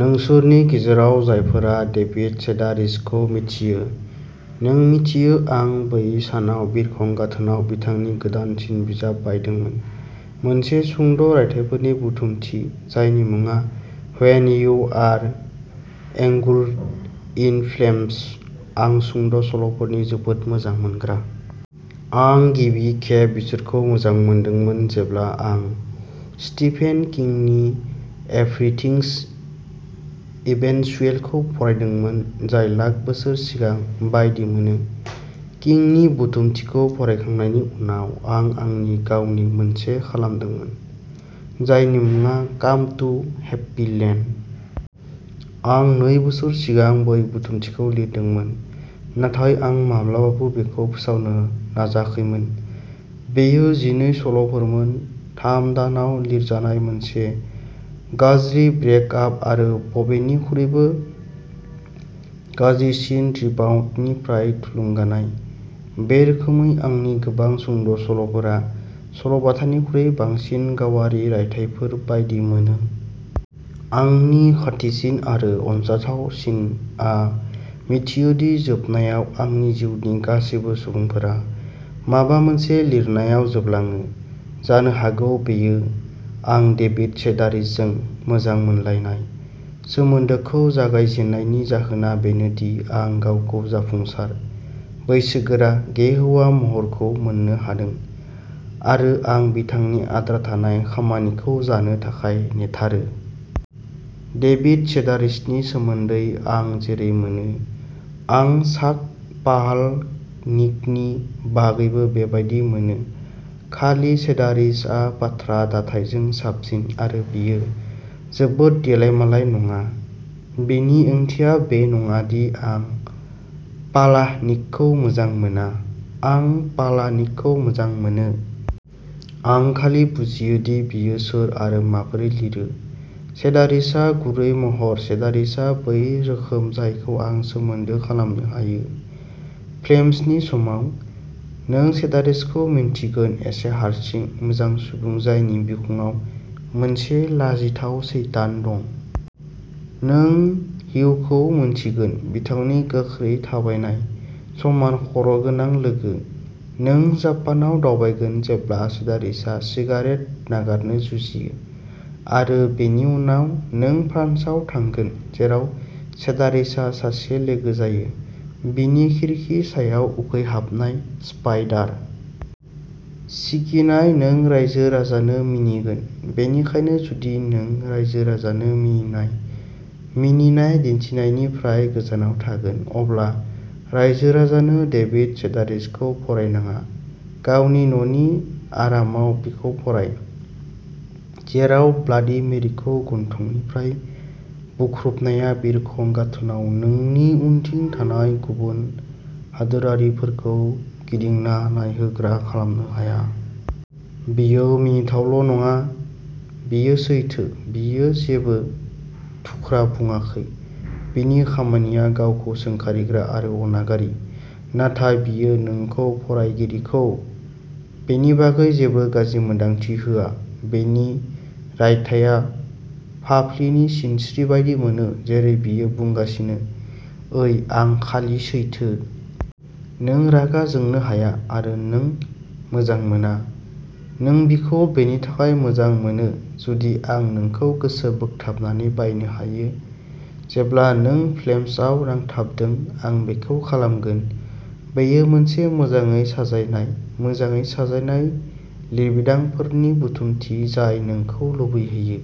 नोंसोरनि गेजेराव जायफोरा डेभिड सेडारिसखौ मिथियो, नों मिथियो आं बै सानाव बिरखं गाथोनाव बिथांनि गोदानसिन बिजाब बायदोंमोन मोनसे सुंद' रायथाइफोरनि बुथुमथि, जायनि मुङा when you are engulfed in flames. आं सुंद' सल'फोरनि जोबोद मोजां मोनग्रा। आं गिबि खेब बिसोरखौ मोजां मोनदोंमोन जेब्ला आं स्टिफेन किंनि एभरिथिंस इभेन्चुएलखौ फरायदोंमोन, जाय लाख बोसोर सिगां बायदि मोनो। किंनि बुथुमथिखौ फरायखांनायनि उनाव, आं आंनि गावनि मोनसे खालामदोंमोन, जायनि मुङा काम टु हेप्पीलेन्ड। आं नै बोसोर सिगां बै बुथुमथिखौ लिरदोंमोन, नाथाय आं माब्लाबाबो बेखौ फोसावनो नाजाखैमोन। बेयो जिनै सल'फोरमोन, थाम दानाव लिरजानाय, मोनसे गाज्रि ब्रेकआप आरो बेनिख्रुइबो गाज्रिसिन रिबाउन्डनिफ्राय थुलुंगानाय। बे रोखोमै, आंनि गोबां सुंद'सल'फोरा सल'बाथानिख्रुइ बांसिन गावारि रायथाइफोर बायदि मोनो। आंनि खाथिसिन आरो अनजाथावसिनआ मिथियो दि जोबनायाव, आंनि जिउनि गासैबो सुबुंफोरा माबा मोनसे लिरनायाव जोबलाङो। जानो हागौ बेयो। आं डेभिड सेडारिसजों मोजां मोनलायनाय सोमोन्दोखौ जागाय जेननायनि जाहोना बेनो दि आं गावखौ जाफुंसार, बैसोगोरा, गे हौवा महरखौ मोननो हादों, आरो आं बिथांनि आद्रा थानाय खामानिखौ जानो थाखाय नेथारो। डेभिड सेडारिसनि सोमोन्दै आं जेरै मोनो, आं चाक पालाहनिकनि बागैबो बेबायदि मोनो, खालि सेडारिसआ बाथ्रा दाथाइजों साबसिन आरो बियो जोबोद देलायमालाय नङा। बेनि ओंथिया बे नङा दि आं पालाहनिकखौ मोजां मोना। आं पालाहनिकखौ मोजां मोनो। आं खालि बुजियो दि बियो सोर आरो माबोरै लिरो। सेडारिसआ गुरै महर। सेडारिसआ बै रोखोम जायखौ आं सोमोन्दो खालामनो हायो। फ्लेम्सनि समाव, नों सेडारिसखौ मिन्थिगोन एसे हारसिं, मोजां सुबुं जायनि बिखुङाव मोनसे लाजिथाव सैतान दं। नों हिउखौ मिन्थिगोन, बिथांनि गोख्रै थाबायनाय, समान खर'गोनां लोगो। नों जापानआव दावबायगोन जेब्ला सेडारिसआ सिगारेट नागारनो जुजियो, आरो बेनि उनाव, नों फ्रान्सआव थांगोन, जेराव सेडारिसआ सासे लोगो जायो। बिनि खिरखि सायाव उखैहाबनाय स्पाइडार। सिगिनाय नों रायजो राजानो मिनिगोन, बेनिखायनो जुदि नों राइजो राजानो मिनिनाय मिनिनाय दिन्थिनायनिफ्राय गोजानाव थायो, अब्ला रायजो राजानो डेभिड सेडारिसखौ फरायनाङा। गावनि न'नि आरामाव बिखौ फराय, जेराव ब्लाडि मेरिखौ गन्थंनिफ्राय बुख्रुबनाया बिरखं गाथोनाव नोंनि उनथिं थानाय गुबुन हादोरारिफोरखौ गिदिंना नायहोग्रा खालामनो हाया। बियो मिनिथावल' नङा। बियो सैथो। बियो जेबो थुख्रा बुङाखै। बिनि खामानिया गावखौ सोंखारिग्रा आरो अनागारि, नाथाय बियो नोंखौ, फरायगिरिखौ, बेनि बागै जेबो गाज्रि मोन्दांथि होआ। बिनि रायथाइया फाफ्लिनि सिनस्रि बायदि मोनो। जेरै बियो बुंगासिनो, ओइ, आं खालि सैथो। नों रागा जोंनो हाया आरो नों मोजां मोना। नों बिखौ बेनि थाखाय मोजां मोनो। जुदि आं नोंखौ गोसो बोगथाबनानै बायनो हायो जेब्ला नों फ्लेम्सआव नांथाबदों, आं बेखौ खालामगोन। बेयो मोनसे मोजाङै साजायनाय, मोजाङै साजायनाय लिरबिदांफोरनि बुथुमथि जाय नोंखौ लुबैहोयो।